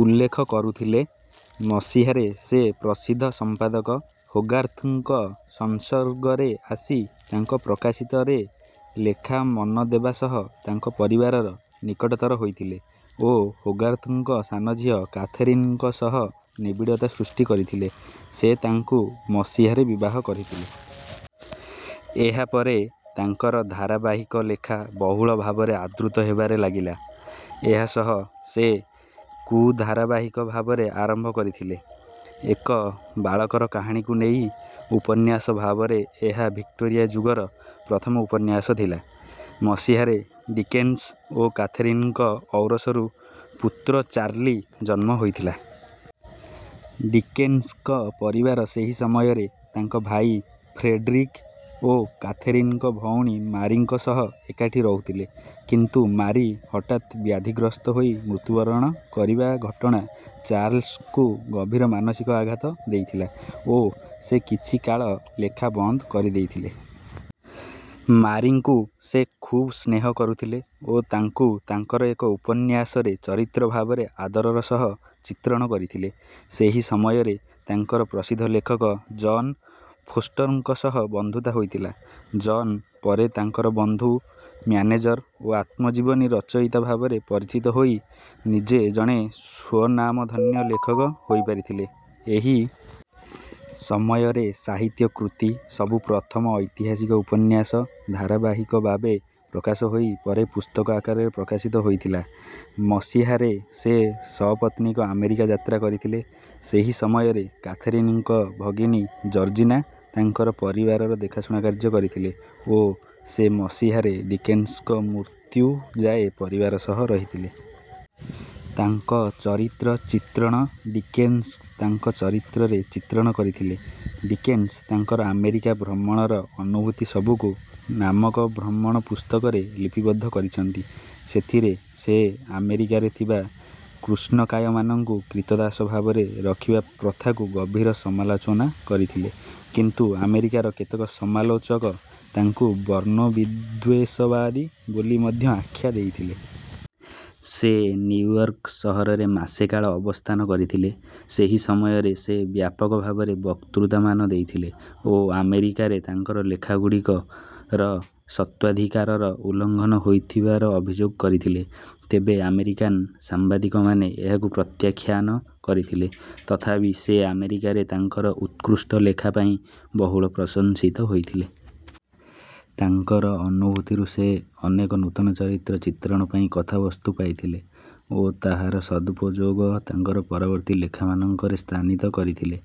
ଉଲ୍ଲେଖ କରୁଥିଲେ। ମସିହାରେ ସେ ପ୍ରସିଦ୍ଧ ସମ୍ପାଦକ ହୋଗାର୍ଥଙ୍କ ସଂସର୍ଗରେ ଆସି ତାଙ୍କ ପ୍ରକାଶିତ ରେ ଲେଖା ମନ ଦେବା ସହ ତାଙ୍କ ପରିବାରର ନିକଟତର ହୋଇଥିଲେ ଓ ହୋଗାର୍ଥଙ୍କ ସାନ ଝିଅ କାଥେରିନ୍‌ଙ୍କ ସହ ନିବିଡ଼ତା ସୃଷ୍ଟି କରିଥିଲେ। ସେ ତାଙ୍କୁ ମସିହାରେ ବିବାହ କରିଥିଲେ। ଏହା ପରେ ତାଙ୍କର ଧାରାବାହିକ ଲେଖା ବହୁଳ ଭାବରେ ଆଦୃତ ହେବାରେ ଲାଗିଲା। ଏହା ସହ ସେ କୁ ଧାରାବାହିକ ଭାବରେ ଆରମ୍ଭ କରିଥିଲେ। ଏକ ବାଳକର କାହାଣୀକୁ ନେଇ ଉପନ୍ୟାସ ଭାବରେ ଏହା ଭିକ୍ଟୋରିଆ ଯୁଗର ପ୍ରଥମ ଉପନ୍ୟାସ ଥିଲା। ମସିହାରେ ଡିକେନ୍ସ ଓ କାଥେରିନ୍‌ଙ୍କ ଔରସରୁ ପୁତ୍ର ଚାର୍ଲି ଜନ୍ମ ହୋଇଥିଲା। ଡିକେନ୍ସଙ୍କ ପରିବାର ସେହି ସମୟରେ ତାଙ୍କ ଭାଇ ଫ୍ରେଡରିକ୍ ଓ କାଥେରୀନ୍‌ଙ୍କ ଭଉଣୀ ମାରିଙ୍କ ସହ ଏକାଠି ରହୁଥିଲେ। କିନ୍ତୁ ମାରି ହଠାତ୍ ବ୍ୟାଧିଗ୍ରସ୍ତ ହୋଇ ମୃତ୍ୟୁବରଣ କରିବା ଘଟଣା ଚାର୍ଲସ୍‌ଙ୍କୁ ଗଭୀର ମାନସିକ ଆଘାତ ଦେଇଥିଲା ଓ ସେ କିଛି କାଳ ଲେଖା ବନ୍ଦ କରିଦେଇଥିଲେ। ମାରିଙ୍କୁ ସେ ଖୁବ୍ ସ୍ନେହ କରୁଥିଲେ ଓ ତାଙ୍କୁ ତାଙ୍କର ଏକ ଉପନ୍ୟାସରେ ଚରିତ୍ର ଭାବରେ ଆଦରର ସହ ଚିତ୍ରଣ କରିଥିଲେ। ସେହି ସମୟରେ ତାଙ୍କର ପ୍ରସିଦ୍ଧ ଲେଖକ ଜନ୍ ଫୋଷ୍ଟରଙ୍କ ସହ ବନ୍ଧୁତା ହୋଇଥିଲା। ଜନ୍ ପରେ ତାଙ୍କର ବନ୍ଧୁ, ମ୍ୟାନେଜର୍ ଓ ଆତ୍ମଜୀବନୀ ରଚୟିତା ଭାବରେ ପରିଚିତ ହୋଇ ନିଜେ ଜଣେ ସ୍ୱନାମଧନ୍ୟ ଲେଖକ ହୋଇପାରିଥିଲେ। ଏହି ସମୟରେ ସାହିତ୍ୟ କୃତି ସବୁ ପ୍ରଥମ ଐତିହାସିକ ଉପନ୍ୟାସ ଧାରାବାହିକ ଭାବେ ପ୍ରକାଶ ହୋଇ ପରେ ପୁସ୍ତକ ଆକାରରେ ପ୍ରକାଶିତ ହୋଇଥିଲା। ମସିହାରେ ସେ ସପତ୍ନୀକ ଆମେରିକା ଯାତ୍ରା କରିଥିଲେ। ସେହି ସମୟରେ କାଥେରୀନ୍‌ଙ୍କ ଭଗିନୀ ଜର୍ଜିନା ତାଙ୍କର ପରିବାରର ଦେଖାଶୁଣା କାର୍ଯ୍ୟ କରିଥିଲେ ଓ ସେ ମସିହାରେ ଡିକେନ୍ସଙ୍କ ମୃତ୍ୟୁ ଯାଏ ପରିବାର ସହ ରହିଥିଲେ। ତାଙ୍କ ଚରିତ୍ର ଚିତ୍ରଣ ଡିକେନ୍ସ ତାଙ୍କ ଚରିତ୍ରରେ ଚିତ୍ରଣ କରିଥିଲେ। ଡିକେନ୍ସ ତାଙ୍କର ଆମେରିକା ଭ୍ରମଣର ଅନୁଭୂତି ସବୁକୁ ନାମକ ଭ୍ରମଣ ପୁସ୍ତକରେ ଲିପିବଦ୍ଧ କରିଛନ୍ତି। ସେଥିରେ ସେ ଆମେରିକାରେ ଥିବା କୃଷ୍ଣକାୟମାନଙ୍କୁ କ୍ରୀତଦାସ ଭାବରେ ରଖିବା ପ୍ରଥାକୁ ଗଭୀର ସମାଲୋଚନା କରିଥିଲେ। କିନ୍ତୁ ଆମେରିକାର କେତେକ ସମାଲୋଚକ ତାଙ୍କୁ ବର୍ଣ୍ଣବିଦ୍ୱେଷବାଦୀ ବୋଲି ମଧ୍ୟ ଆଖ୍ୟା ଦେଇଥିଲେ। ସେ ନିଉୟର୍କ ସହରରେ ମାସେ କାଳ ଅବସ୍ଥାନ କରିଥିଲେ। ସେହି ସମୟରେ ସେ ବ୍ୟାପକ ଭାବରେ ବକ୍ତୃତାମାନ ଦେଇଥିଲେ ଓ ଆମେରିକାରେ ତାଙ୍କର ଲେଖାଗୁଡ଼ିକର ସତ୍ତ୍ୱାଧିକାରର ଉଲ୍ଲଂଘନ ହୋଇଥିବାର ଅଭିଯୋଗ କରିଥିଲେ। ତେବେ ଆମେରିକାନ୍ ସାମ୍ବାଦିକମାନେ ଏହାକୁ ପ୍ରତ୍ୟାଖ୍ୟାନ କରିଥିଲେ। ତଥାପି ସେ ଆମେରିକାରେ ତାଙ୍କର ଉତ୍କୃଷ୍ଟ ଲେଖା ପାଇଁ ବହୁଳ ପ୍ରଶଂସିତ ହୋଇଥିଲେ। ତାଙ୍କର ଅନୁଭୂତିରୁ ସେ ଅନେକ ନୂତନ ଚରିତ୍ର ଚିତ୍ରଣ ପାଇଁ କଥାବସ୍ତୁ ପାଇଥିଲେ ଓ ତାହାର ସଦୁପଯୋଗ ତାଙ୍କର ପରବର୍ତ୍ତୀ ଲେଖାମାନଙ୍କରେ ସ୍ଥାନିତ କରିଥିଲେ।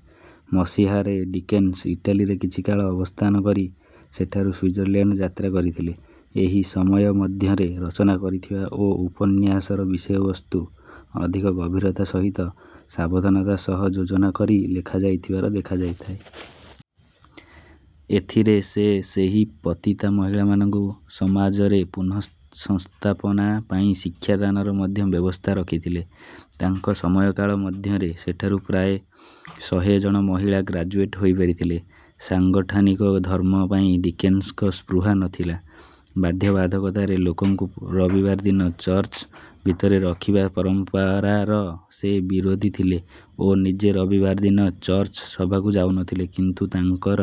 ମସିହାରେ ଡିକେନ୍ସ ଇଟାଲୀରେ କିଛି କାଳ ଅବସ୍ଥାନ କରି ସେଠାରୁ ସ୍ୱିଜର୍ଲାଣ୍ଡ ଯାତ୍ରା କରିଥିଲେ। ଏହି ସମୟ ମଧ୍ୟରେ ରଚନା କରିଥିବା ଓ ଉପନ୍ୟାସର ବିଷୟବସ୍ତୁ ଅଧିକ ଗଭୀରତା ସହିତ ସାବଧାନତା ସହ ଯୋଜନା କରି ଲେଖାଯାଇଥିବାର ଦେଖାଯାଇଥାଏ। ଏଥିରେ ସେ ସେହି ପତିତା ମହିଳାମାନଙ୍କୁ ସମାଜରେ ପୁନଃସଂସ୍ଥାପନା ପାଇଁ ଶିକ୍ଷାଦାନର ମଧ୍ୟ ବ୍ୟବସ୍ଥା ରଖିଥିଲେ। ତାଙ୍କ ସମୟକାଳ ମଧ୍ୟରେ ସେଠାରୁ ପ୍ରାୟ ଶହେ ଜଣ ମହିଳା ଗ୍ରାଜୁଏଟ୍ ହୋଇପାରିଥିଲେ। ସାଂଗଠନିକ ଧର୍ମ ପାଇଁ ଡିକେନ୍ସଙ୍କ ସ୍ପୃହା ନ ଥିଲା। ବାଧ୍ୟବାଧକତାରେ ଲୋକଙ୍କୁ ରବିବାର ଦିନ ଚର୍ଚ୍ଚ ଭିତରେ ରଖିବା ପରମ୍ପରାର ସେ ବିରୋଧୀ ଥିଲେ ଓ ନିଜେ ରବିବାର ଦିନ ଚର୍ଚ୍ଚ ସଭାକୁ ଯାଉନଥିଲେ। କିନ୍ତୁ ତାଙ୍କର...